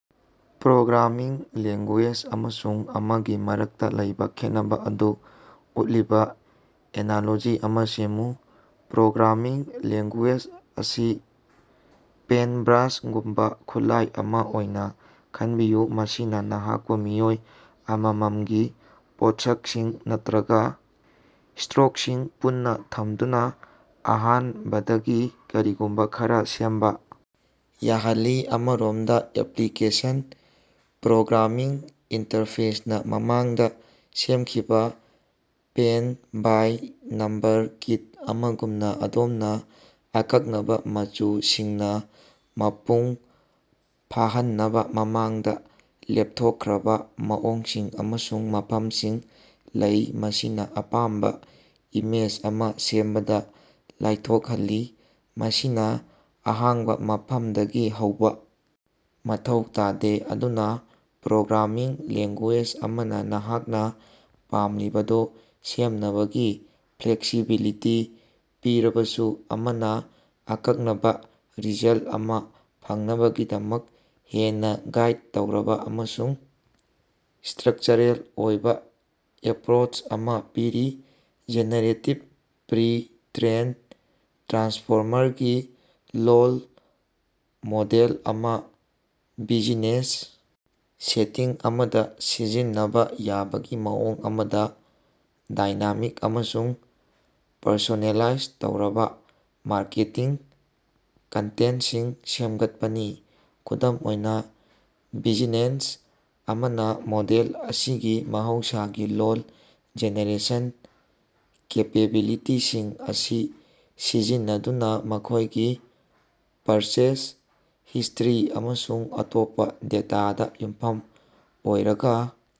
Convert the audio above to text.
Programming language ꯑꯃꯁꯨꯡ ꯑꯃꯒꯤ ꯃꯔꯛꯇꯥ ꯂꯩꯕꯥ ꯈꯦꯠꯅꯕꯥ ꯑꯗꯨ ꯎꯠꯂꯤꯕꯥ ꯑꯦꯅꯥꯂꯣꯖꯤ ꯑꯃꯥ ꯁꯦꯝꯃꯨ꯫ ꯄ꯭ꯔꯣꯒ꯭ꯔꯥꯃꯤꯡ ꯂꯦꯡꯒꯨꯌꯦꯖ ꯑꯁꯤ ꯄꯦꯟꯠꯕ꯭ꯔꯥꯁꯒꯨꯝꯕꯥ ꯈꯨꯠꯂꯥꯏ ꯑꯃꯥ ꯑꯣꯏꯅꯥ ꯈꯟꯕꯤꯌꯨ ꯃꯁꯤꯅꯥ ꯅꯍꯥꯛꯄꯨ ꯃꯤꯑꯣꯏ ꯑꯃꯃꯝꯒꯤ ꯄꯣꯠꯁꯛꯁꯤꯡ ꯅꯠꯇ꯭ꯔꯒꯥ ꯁ꯭ꯇꯔꯣꯛꯁꯤꯡ ꯄꯨꯟꯅꯥ ꯊꯝꯗꯨꯅꯥ ꯑꯍꯥꯟꯕꯗꯒꯤ ꯀꯔꯤꯒꯨꯝꯕꯥ ꯈꯔꯥ ꯁꯦꯝꯕꯥ ꯌꯥꯍꯜꯂꯤ꯫ ꯑꯃꯔꯣꯝꯗꯥ ꯑꯦꯄꯤꯀ꯭ꯂꯦꯁꯟ ꯄ꯭ꯔꯣꯒ꯭ꯔꯥꯃꯤꯡ ꯏꯟꯇꯔꯐꯦꯁꯅꯥ ꯃꯃꯥꯡꯗꯥ ꯁꯦꯝꯈꯤꯕꯥ ꯄꯦꯟꯡ ꯕꯥꯏ ꯅꯝꯕꯔ ꯀꯤꯠ ꯑꯃꯒꯨꯝꯅꯥ ꯑꯗꯣꯝꯅꯥ ꯑꯀꯛꯅꯕꯥ ꯃꯆꯨꯁꯤꯡꯅꯥ ꯃꯄꯨꯡ ꯐꯥꯍꯟꯅꯕꯥ ꯃꯃꯥꯡꯗꯥ ꯂꯦꯞꯊꯣꯛꯈ꯭ꯔꯕꯥ ꯃꯑꯣꯡꯁꯤꯡ ꯑꯃꯁꯨꯡ ꯃꯐꯝꯁꯤꯡ ꯂꯩ ꯃꯁꯤꯅꯥ ꯑꯄꯥꯝꯕꯥ ꯏꯃꯦꯖ ꯑꯃꯥ ꯁꯦꯝꯕꯗꯥ ꯂꯥꯏꯊꯣꯛꯍꯜꯂꯤ ꯃꯁꯤꯅꯥ ꯑꯍꯥꯡꯕꯥ ꯃꯐꯝꯗꯒꯤ ꯍꯧꯕꯥ ꯃꯊꯧ ꯇꯥꯗꯦ꯫ ꯑꯗꯨꯅꯥ ꯄ꯭ꯔꯣꯒ꯭ꯔꯥꯃꯤꯡ ꯂꯦꯡꯒꯨꯌꯦꯖ ꯑꯃꯅꯥ ꯅꯍꯥꯛꯅꯥ ꯄꯥꯝꯂꯤꯕꯗꯨ ꯁꯦꯝꯅꯕꯒꯤ ꯐ꯭ꯂꯦꯛꯁꯤꯕꯤꯂꯤꯇꯤ ꯄꯤꯔꯕꯁꯨ ꯑꯃꯅꯥ ꯑꯀꯛꯅꯕꯥ ꯔꯤꯖꯜꯠ ꯑꯃꯥ ꯐꯪꯅꯕꯒꯤꯗꯃꯛ ꯍꯦꯟꯅꯥ ꯒꯥꯏꯗ ꯇꯧꯔꯕꯥ ꯑꯃꯁꯨꯡ ꯁ꯭ꯇꯔꯛꯆꯔꯦꯜ ꯑꯣꯏꯕꯥ ꯑꯦꯄ꯭ꯔꯣꯆ ꯑꯃꯥ ꯄꯤꯔꯤ꯫ ꯖꯦꯅꯦꯔꯦꯇꯤꯚ ꯄ꯭ꯔꯤ ꯇ꯭ꯔꯦꯟ ꯇ꯭ꯔꯥꯟꯁꯐꯣꯔꯃꯔꯒꯤ ꯂꯣꯜ ꯃꯣꯗꯦꯜ ꯑꯃꯥ ꯕꯤꯖꯤꯅꯦꯁ ꯁꯦꯇꯤꯡ ꯑꯃꯗꯥ ꯁꯤꯖꯤꯟꯅꯕꯥ ꯌꯥꯕꯒꯤ ꯃꯑꯣꯡ ꯑꯃꯗꯤ ꯗꯥꯏꯅꯥꯃꯤꯛ ꯑꯃꯁꯨꯡ ꯄꯔꯁꯣꯅꯦꯂꯥꯏꯖ ꯇꯧꯔꯕꯥ ꯃꯥꯔꯀꯦꯇꯤꯡ ꯀꯟꯇꯦꯟꯠꯁꯤꯡ ꯁꯦꯝꯒꯠꯄꯅꯤ꯫ ꯈꯨꯗꯝ ꯑꯣꯏꯅꯥ ꯕꯤꯖꯤꯅꯦꯁ ꯑꯃꯅꯥ ꯃꯣꯗꯦꯜ ꯑꯁꯤꯒꯤ ꯃꯍꯧꯁꯥꯒꯤ ꯂꯣꯜ ꯖꯦꯅꯦꯔꯦꯁꯟ ꯀꯦꯄꯦꯕꯤꯂꯤꯇꯤꯁꯤꯡ ꯑꯁꯤ ꯁꯤꯖꯤꯟꯅꯗꯨꯅꯥ ꯃꯈꯣꯏꯒꯤ ꯄꯔꯆꯦꯖ ꯍꯤꯁ꯭ꯇꯔꯤ ꯑꯃꯁꯨꯡ ꯑꯇꯣꯞꯄꯥ ꯗꯦꯇꯥꯗꯥ ꯌꯨꯝꯐꯝ ꯑꯣꯏꯔꯒꯥ